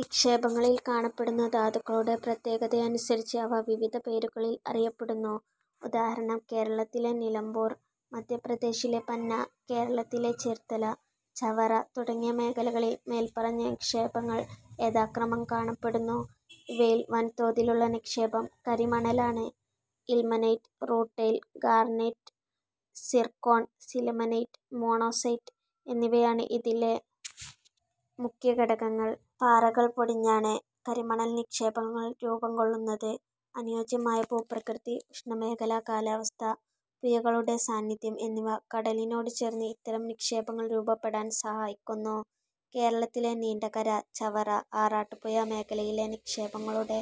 നിക്ഷേപങ്ങളിൽ കാണപ്പെടുന്ന ധാതുക്കളുടെ പ്രത്യേകതയനുസരിച്ച് അവ വിവിധ പേരുകളിൽ അറിയപ്പെടുന്നു. ഉദാഹരണം:- കേരളത്തിലെ നിലമ്പൂർ, മധ്യപ്രദേശിലെ പന്ന, കേരളത്തിലെ ചേർത്തല, ചവറ തുടങ്ങിയ മേഖലകളിൽ മേല്പറഞ്ഞ നിക്ഷേപങ്ങൾ യഥാക്രമം കാണപ്പെടുന്നു. ഇവയിൽ വൻതോതിലുള്ള നിക്ഷേപം കരിമണലാണ്. Ilmenite, rutile, garnet, zircon, sillimanite, monazite എന്നിവയാണ് ഇതിലെ മുഖ്യ ഘടകങ്ങൾ. പാറകൾ പൊടിഞ്ഞാണ് കരിമണൽ നിക്ഷേപങ്ങൾ രൂപംകൊള്ളുന്നത്. അനുയോജ്യമായ ഭൂപ്രകൃതി, ഉഷ്ണമേഖലാ കാലാവസ്ഥ, പുഴകളുടെ സാന്നിധ്യം എന്നിവ കടലിനോട് ചേർന്ന് ഇത്തരം നിക്ഷേപങ്ങൾ രൂപപ്പെടാൻ സഹായിക്കുന്നു. കേരളത്തിലെ നീണ്ടകര-ചവറ-ആറാട്ടുപുഴ മേഖലയിലെ നിക്ഷേപങ്ങളുടെ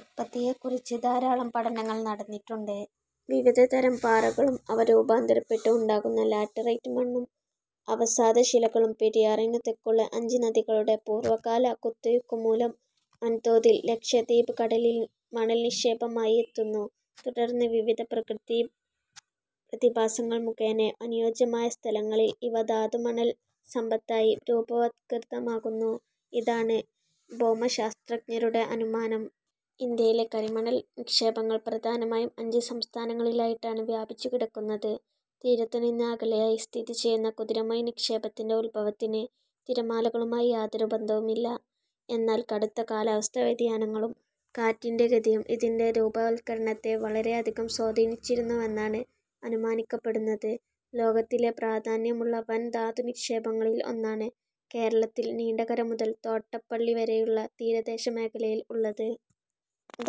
ഉത്പത്തിയെക്കുറിച്ച് ധാരാളം പഠനങ്ങൾ നടന്നിട്ടുണ്ട്. വിവിധതരം പാറകളും അവ രൂപാന്തരപ്പെട്ട് ഉണ്ടാകുന്ന ലാറ്ററൈറ്റ് മണ്ണും അവസാദശിലകളും പെരിയാറിനു തെക്കുള്ള അഞ്ച് നദികളുടെ പൂർവകാല കുത്തൊഴുക്കുമൂലം വൻതോതിൽ ലക്ഷദ്വീപ് കടലിൽ മണൽനിക്ഷേപമായി എത്തുന്നു, തുടർന്ന് വിവിധ പ്രകൃതിപ്രതിഭാസങ്ങൾ മുഖേന അനുയോജ്യമായ സ്ഥലങ്ങളിൽ ഇവ ധാതുമണൽസമ്പത്തായി രൂപവത്കൃതമാകുന്നു: ഇതാണ് ഭൌമശാസ്ത്രജ്ഞരുടെ അനുമാനം. ഇന്ത്യയിൽ കരിമണൽ നിക്ഷേപങ്ങൾ പ്രധാനമായും അഞ്ച് സംസ്ഥാനങ്ങളിലായിട്ടാണ് വ്യാപിച്ചുകിടക്കുന്നത്. തീരത്തുനിന്ന് അകലെയായി സ്ഥിതിചെയ്യുന്ന കുതിരമൊഴി നിക്ഷേപത്തിന്റെ ഉദ്ഭവത്തിന് തിരമാലകളുമായി യാതൊരു ബന്ധവുമില്ല. എന്നാൽ കടുത്ത കാലാവസ്ഥാ വ്യതിയാനങ്ങളും കാറ്റിന്റെ ഗതിയും ഇതിന്റെ രൂപവത്കരണത്തെ വളരെയധികം സ്വാധീനിച്ചിരുന്നുവെന്നാണ് അനുമാനിക്കപ്പെടുന്നത്. ലോകത്തിലെ പ്രാധാന്യമുള്ള വൻ ധാതുനിക്ഷേപങ്ങളിൽ ഒന്നാണ് കേരളത്തിൽ നീണ്ടകര മുതൽ തോട്ടപ്പള്ളി വരെയുള്ള തീരദേശമേഖലയിൽ ഉള്ളത്.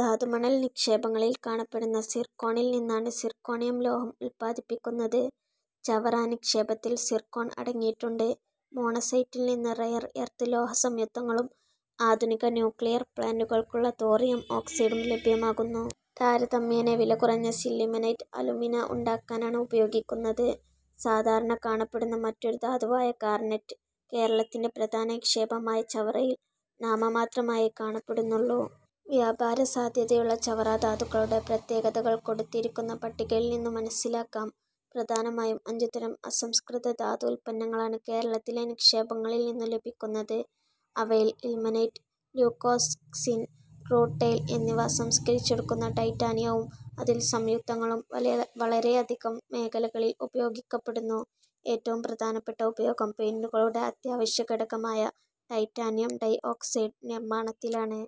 ധാതുമണൽ നിക്ഷേപങ്ങളിൽ കാണപ്പെടുന്ന സിർക്കോണിൽ നിന്നാണ് സിർക്കോണിയം ലോഹം ഉത്പാദിപ്പിക്കുന്നത്. ചവറ നിക്ഷേപത്തിൽ സിർക്കോൺ അടങ്ങിയിട്ടുണ്ട്. മോണസൈറ്റിൽനിന്ന് റെയർ എർത്ത് ലോഹസംയുക്തങ്ങളും ആധുനിക ന്യൂക്ലിയർ പ്ലാന്റുകൾക്കുള്ള തോറിയം ഓക്സൈഡും ലഭ്യമാകുന്നു. താരതമ്യേന വില കുറഞ്ഞ സില്ലിമനൈറ്റ് അലുമിന ഉണ്ടാക്കാനാണ് ഉപയോഗിക്കുന്നത്. സാധാരണ കാണപ്പെടുന്ന മറ്റൊരു ധാതുവായ ഗാർനറ്റ് കേരളത്തിന്റെ പ്രധാന നിക്ഷേപമായ ചവറയിൽ നാമമാത്രമായേ കാണപ്പെടുന്നുള്ളൂ. വ്യാപാരസാധ്യതയുള്ള ചവറധാതുക്കളുടെ പ്രത്യേകതകൾ കൊടുത്തിരിക്കുന്ന പട്ടികയിൽനിന്നു മനസ്സിലാക്കാം. പ്രധാനമായും അഞ്ചുതരം അസംസ്കൃത ധാതു ഉത്പന്നങ്ങളാണ് കേരളത്തിലെ നിക്ഷേപങ്ങളിൽനിന്നു ലഭിക്കുന്നത്. അവയിൽ ഇൽമനൈറ്റ്-ല്യൂക്കോക്സിൻ-റൂട്ടൈൽ എന്നിവ സംസ്കരിച്ചെടുക്കുന്ന ടൈറ്റാനിയവും അതിന്റെ സംയുക്തങ്ങളും വളരെയധികം മേഖലകളിൽ ഉപയോഗിക്കപ്പെടുന്നു. ഏറ്റവും പ്രധാനപ്പെട്ട ഉപയോഗം പെയിന്റുകളുടെ അത്യാവശ്യ ഘടകമായ ടൈറ്റാനിയം ഡൈഓക്സൈഡ് നിർമ്മാണത്തിലാണ്.